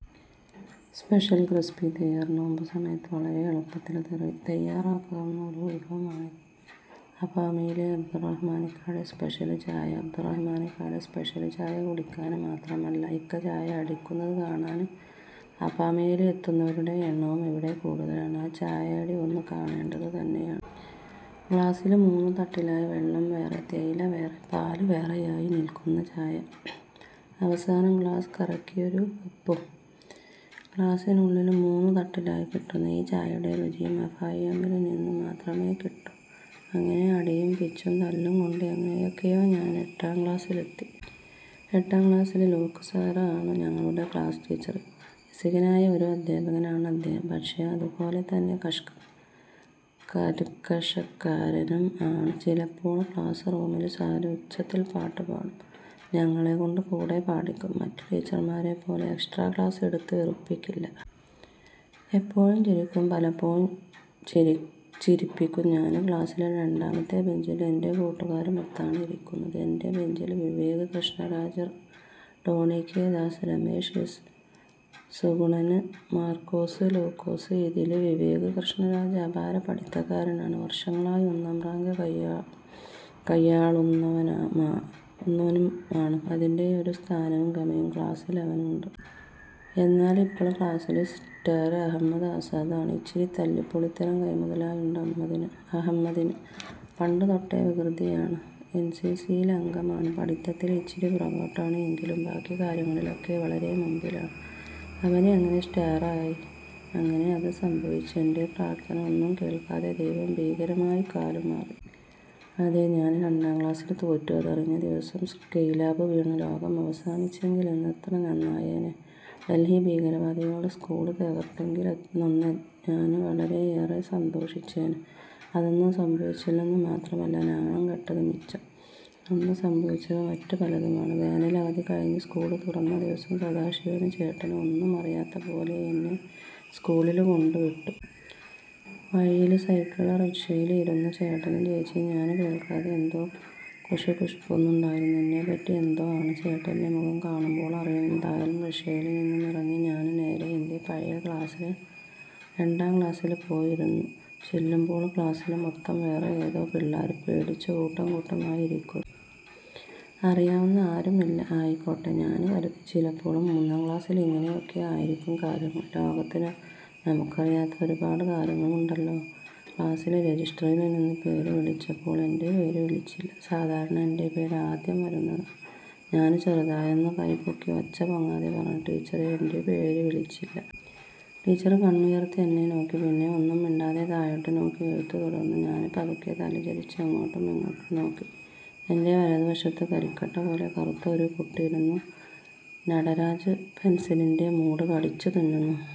Special crispy തയ്യാര്. നോമ്പ് സമയത്ത് വളരെ എളുപ്പത്തില് തയ്യാറാക്കാവുന്ന ഒരു വിഭവമാണിത്. അഫാമിയയിലെ അബ്ദുറഹ്മാനിക്കാടെ സ്പെഷ്യല് ചായ അബ്ദു റഹ്മാനിക്കാടെ സ്പെഷ്യല് ചായ കുടിക്കാന് മാത്രമല്ല ഇക്ക ചായ അടിക്കുന്നത് കാണാന് അഫാമിയയില് എത്തുന്നവരുടെ എണ്ണവും ഇവിടെ കൂടുതലാണ്. ആ ചായയടി ഒന്നു കാണേണ്ടതു തന്നെയാണ്. ഗ്ലാസ്സില് മൂന്നു തട്ടിലായി വെള്ളം വേറെ, തേയില വേറെ, പാലു വേറെയായി നില്ക്കുന്ന ചായ. അവസാനം ഗ്ലാസ് കറക്കിയൊരു വെപ്പും. ഗ്ലാസിനുള്ളില് മൂന്നുതട്ടിലായി കിട്ടുന്ന ഈ ചായയുടെ രുചിയും അഫാമിയയില് നിന്നു മാത്രമേ കിട്ടൂ. അങ്ങനെ അടിയും പിച്ചും തല്ലും കൊണ്ട് എങ്ങനെയൊക്കെയോ ഞാന് എട്ടാം ക്ലാസ്സില് എത്തി. എട്ടാം ക്ലാസ്സില് ലൂക്ക് സാര് ആണ് ഞങ്ങളുടെ ക്ലാസ് ടീച്ചര്. രസികനായ ഒരു അധ്യാപകനാണ് അദ്ദേഹം. പക്ഷെ അതുപോലെ തന്നെ കര്ക്കശക്കാരനും ആണ്. ചിലപ്പോള് ക്ലാസ് റൂമില് സാര് ഉച്ചത്തില് പാട്ട് പാടും, ഞങ്ങളെ കൊണ്ട് കൂടെ പാടിക്കും. മറ്റു ടീച്ചര്മാരെ പോലെ എക്സ്ട്രാ ക്ലാസ് എടുത്ത് വെറുപ്പിക്കില്ല. എപ്പോഴും ചിരിക്കും. പലപ്പോഴും ചിരിപ്പിക്കും. ഞാന് ക്ലാസ്സില് രണ്ടാമത്തെ ബെഞ്ചില് എന്റെ കൂട്ടുകാരുമൊത്താണ് ഇരിക്കുന്നത്. എന്റെ ബെഞ്ചില് Vivek Krishnaraj, Tony K. Das, Ramesh S. Sugunan, Markose Lukose. ഇതില് വിവേക് കൃഷ്ണരാജ് അപാര പഠിത്തക്കാരനാണ്. വര്ഷങ്ങളായി ഒന്നാം റാങ്ക് കയ്യാള്ളുന്നവനുമാണ്. അതിന്റെയൊരു സ്ഥാനവും ഗമയും ക്ലാസ്സില് അവനുണ്ട്. എന്നാല് ഇപ്പോള് ക്ലാസ്സിലെ സ്റ്റാര് അഹമ്മദ് ആസാദ് ആണ്. ഇച്ചിരി തല്ലിപൊളിത്തരം കൈമുതലായുണ്ട് അഹമ്മദിന്. പണ്ട് തൊട്ടേ വികൃതിയാണ്. എന്സിസിയില് അംഗമാണ്. പഠിത്തത്തില് ഇച്ചിരി പുറകോട്ടാണ് എങ്കിലും ബാക്കി കാര്യങ്ങളിലൊക്കെ വളരെ മുമ്പിലാണ്. അവന് എങ്ങനെ സ്റ്റാര് ആയി. അങ്ങനെ അത് സംഭവിച്ചു. എന്റെ പ്രാര്ത്ഥന ഒന്നും കേള്ക്കാതെ ദൈവം ഭീകരമായി കാലുമാറി. അതെ. ഞാന് രണ്ടാം ക്ലാസ്സില് തോറ്റു. അതറിഞ്ഞ ദിവസം സ്കൈലാബ് വീണു ലോകം അവസാനിച്ചെങ്കില് എത്ര നന്നായേനെ. ഡല്ഹി ഭീകരവാദികള് സ്കൂള് തകര്ത്തെങ്കില് അന്ന് ഞാന് വളരെയേറെ സന്തോഷിച്ചേനെ. അതൊന്നും സംഭവിച്ചില്ലെന്നു മാത്രമല്ല നാണംകെട്ടത് മിച്ചം. അന്നു സംഭവിച്ചത് മറ്റു പലതുമാണ്. വേനല് അവധി കഴിഞ്ഞു സ്കൂള് തുറന്ന ദിവസം സദാശിവന് ചേട്ടന് ഒന്നുമറിയാത്ത പോലെ എന്നെ സ്കൂളില് കൊണ്ട് വിട്ടു. വഴിയില് സൈക്കിള് റിക്ഷയില് ഇരുന്നു ചേട്ടനും ചേച്ചിയും ഞാന് കേള്ക്കാതെ എന്തോ കുശുകുശുക്കുന്നുണ്ടായിരുന്നു. എന്നെപ്പറ്റി എന്തോ ആണ്. ചേട്ടന്റെ മുഖം കാണുമ്പോള് അറിയാം. എന്തായാലും റിക്ഷയില് നിന്നും ഇറങ്ങി ഞാന് നേരെ എന്റെ പഴയ ക്ലാസ്സില് രണ്ടാം ക്ലാസ്സില് പോയി ഇരുന്നു. ചെല്ലുമ്പോള് ക്ലാസ്സില് മൊത്തം വേറെ ഏതോ പിള്ളേര് പേടിച്ചു കൂട്ടം കൂട്ടമായി ഇരിക്കുന്നു. അറിയാവുന്ന ആരും ഇല്ല. ആയിക്കോട്ടെ, ഞാന് കരുതി. ചിലപ്പോള് മൂന്നാം ക്ലാസ്സില് ഇങ്ങനെയൊക്കെ ആയിരിക്കും കാര്യങ്ങള്. ലോകത്ത് നമ്മുക്കറിയാത്ത ഒരുപാടു കാര്യങ്ങള് ഉണ്ടല്ലോ. ക്ലാസ്സില് രെജിസ്റ്ററില് നിന്നും പേര് വിളിച്ചപ്പോള് എന്റെ പേര് വിളിച്ചില്ല. സാധാരണ എന്റെ പേര് ആദ്യം വരുന്നതാണ്. ഞാന് ചെറുതായൊന്നു കൈ പൊക്കി ഒച്ച പൊങ്ങാതെ പറഞ്ഞു,'ടീച്ചര് എന്റെ പേരു വിളിച്ചില്ല. ' ടീച്ചര് കണ്ണുയര്ത്തി എന്നെ നോക്കി. പിന്നെ ഒന്നും മിണ്ടാതെ താഴോട്ടു നോക്കി എഴുത്ത് തുടര്ന്നു. ഞാന് പതുക്കെ തല ചരിച്ചു അങ്ങോട്ടും ഇങ്ങോട്ടും നോക്കി. എന്റെ വലതു വശത്ത് കരിക്കട്ട പോലെ കറുത്ത ഒരു കുട്ടി ഇരുന്നു നടരാജ് പെന്സിലിന്റെ മൂട് കടിച്ചു തിന്നുന്നു.